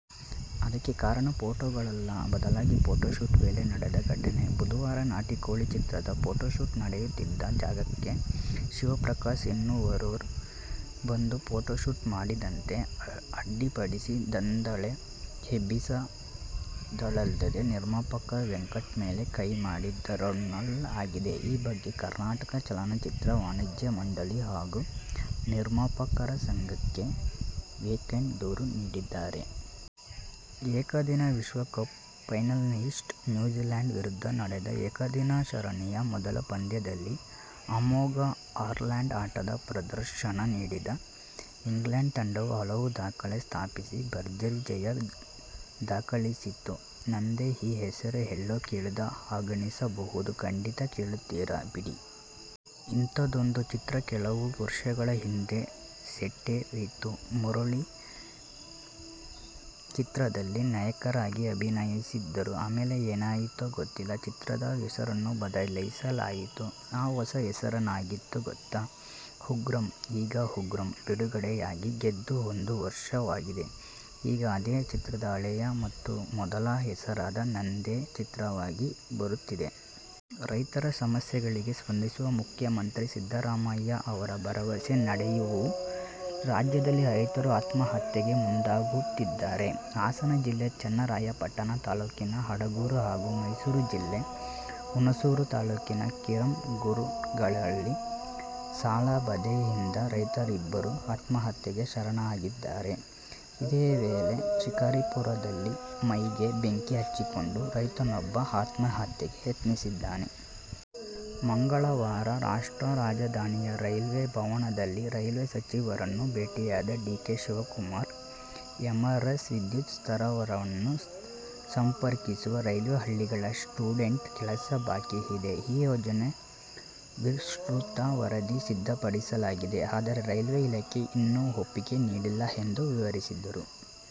ಅದಕ್ಕೆ ಕಾರಣ, ಫೋಟೋಗಳಲ್ಲ. ಬದಲಾಗಿ, ಫೋಟೋಶೂಟ್ ವೇಳೆ ನಡೆದ ಘಟನೆ. ಬುಧವಾರ "ನಾಟಿಕೋಳಿ' ಚಿತ್ರದ ಫೋಟೋಶೂಟ್ ನಡೆಯುತ್ತಿದ್ದ ಜಾಗಕ್ಕೆ ಶಿವಪ್ರಕಾಶ್ ಎನ್ನುವವರು ಬಂದು ಫೋಟೋಶೂಟ್ ಮಾಡದಂತೆ ಅಡ್ಡಿಪಡಿಸಿ ದಾಂಧಲೆ ಎಬ್ಬಿಸಿದ್ದಲ್ಲದೇ, ನಿರ್ಮಾಪಕ ವೆಂಕಟ್ ಮೇಲೆ ಕೈ ಮಾಡಿದ್ದಾರೆನ್ನಲಾಗಿದೆ. ಈ ಬಗ್ಗೆ ಕರ್ನಾಟಕ ಚಲನಚಿತ್ರ ವಾಣಿಜ್ಯ ಮಂಡಳಿ ಹಾಗೂ ನಿರ್ಮಾಪಕರ ಸಂಘಕ್ಕೆ ವೆಂಕಟ್ ದೂರು ನೀಡಿದ್ದಾರೆ. ಏಕದಿನ ವಿಶ್ವ ಕಪ್ನ ಫೈನಲಿಸ್ಟ್ ನ್ಯೂಜಿಲ್ಯಾಂಡ್ ವಿರುದ್ಧ ನಡೆದ ಏಕದಿನ ಸರಣಿಯ ಮೊದಲ ಪಂದ್ಯದಲ್ಲಿ ಅಮೋಘ ಆಲ್ರೌಂಡ್ ಆಟದ ಪ್ರದರ್ಶನ ನೀಡಿದ ಇಂಗ್ಲೆಂಡ್ ತಂಡವು ಹಲವು ದಾಖಲೆ ಸ್ಥಾಪಿಸಿ ಭರ್ಜರಿ ಜಯ ದಾಖಲಿಸಿತು. ನಂದೇ! ಈ ಹೆಸರು ಎಲ್ಲೋ ಕೇಳಿದ ಹಾಗನಿಸಬಹುದು. ಖಂಡಿತಾ ಕೇಳಿರುತ್ತೀರಾ ಬಿಡಿ. ಇಂಥದ್ದೊಂದು ಚಿತ್ರ ಕೆಲವು ವರ್ಷಗಳ ಹಿಂದೆ ಸೆಟ್ಟೇರಿತ್ತು. ಮುರಳಿ ಚಿತ್ರದಲ್ಲಿ ನಾಯಕರಾಗಿ ಅಭಿನಯಿಸಿದ್ದರು. ಆಮೇಲೆ ಏನಾಯಿತೋ ಗೊತ್ತಿಲ್ಲ, ಚಿತ್ರದ ಹೆಸರನ್ನು ಬದಲಾಯಿಸಲಾಯಿತು. ಆ ಹೊಸ ಹೆಸರೇನಾಗಿತ್ತು ಗೊತ್ತಾ? "ಉಗ್ರಂ'. ಈಗ "ಉಗ್ರಂ' ಬಿಡುಗಡೆಯಾಗಿ, ಗೆದ್ದು ಒಂದು ವರ್ಷವಾಗಿದೆ. ಈಗ ಅದೇ ಚಿತ್ರದ ಹಳೆಯ ಮತ್ತು ಮೊದಲ ಹೆಸರಾದ "ನಂದೇ' ಚಿತ್ರವಾಗಿ ಬರುತ್ತಿದೆ. ರೈತರ ಸಮಸ್ಯೆಗಳಿಗೆ ಸ್ಪಂದಿಸುವ ಮುಖ್ಯಮಂತ್ರಿ ಸಿದ್ದರಾಮಯ್ಯ ಅವರ ಭರವಸೆ ನಡುವೆಯೂ ರಾಜ್ಯದಲ್ಲಿ ರೈತರು ಆತ್ಮಹತ್ಯೆಗೆ ಮುಂದಾಗುತ್ತಿದ್ದಾರೆ. ಹಾಸನ ಜಿಲ್ಲೆ ಚನ್ನರಾಯಪಟ್ಟಣ ತಾಲೂಕಿನ ಅಡಗೂರು ಹಾಗೂ ಮೈಸೂರು ಜಿಲ್ಲೆ ಹುಣಸೂರು ತಾಲೂಕಿನ ಕಿರಂಗೂರುಗಳಲ್ಲಿ ಸಾಲಬಾಧೆಯಿಂದ ರೈತರಿಬ್ಬರು ಆತ್ಮಹತ್ಯೆಗೆ ಶರಣಾಗಿದ್ದಾರೆ. ಇದೇ ವೇಳೆ, ಶಿಕಾರಿಪುರದಲ್ಲಿ ಮೈಗೆ ಬೆಂಕಿ ಹಚ್ಚಿಕೊಂಡು ರೈತನೊಬ್ಬ ಆತ್ಮಹತ್ಯೆಗೆ ಯತ್ನಿಸಿದ್ದಾನೆ. ಮಂಗಳವಾರ ರಾಷ್ಟ್ರ ರಾಜಧಾನಿಯ ರೈಲ್ವೆ ಭವನದಲ್ಲಿ ರೈಲ್ವೆ ಸಚಿವರನ್ನು ಭೇಟಿಯಾದ ಡಿ. ಕೆ. ಶಿವಕುಮಾರ್, ಎರ್ಮರಸ್ ವಿದ್ಯುತ್ ಸ್ಥಾವರವನ್ನು ಸಂಪರ್ಕಿಸುವ ರೈಲ್ವೆ ಹಳಿಗಳ ಸೈಡಿಂಗ್ ಕೆಲಸ ಬಾಕಿ ಇದೆ. ಈ ಯೋಜನೆ ವಿಸ್ತೃತ ವರದಿ ಸಿದ್ಧಪಡಿಸಲಾಗಿದೆ. ಆದರೆ, ರೈಲ್ವೆ ಇಲಾಖೆ ಇನ್ನೂ ಒಪ್ಪಿಗೆ ನೀಡಿಲ್ಲ ಎಂದು ವಿವರಿಸಿದರು.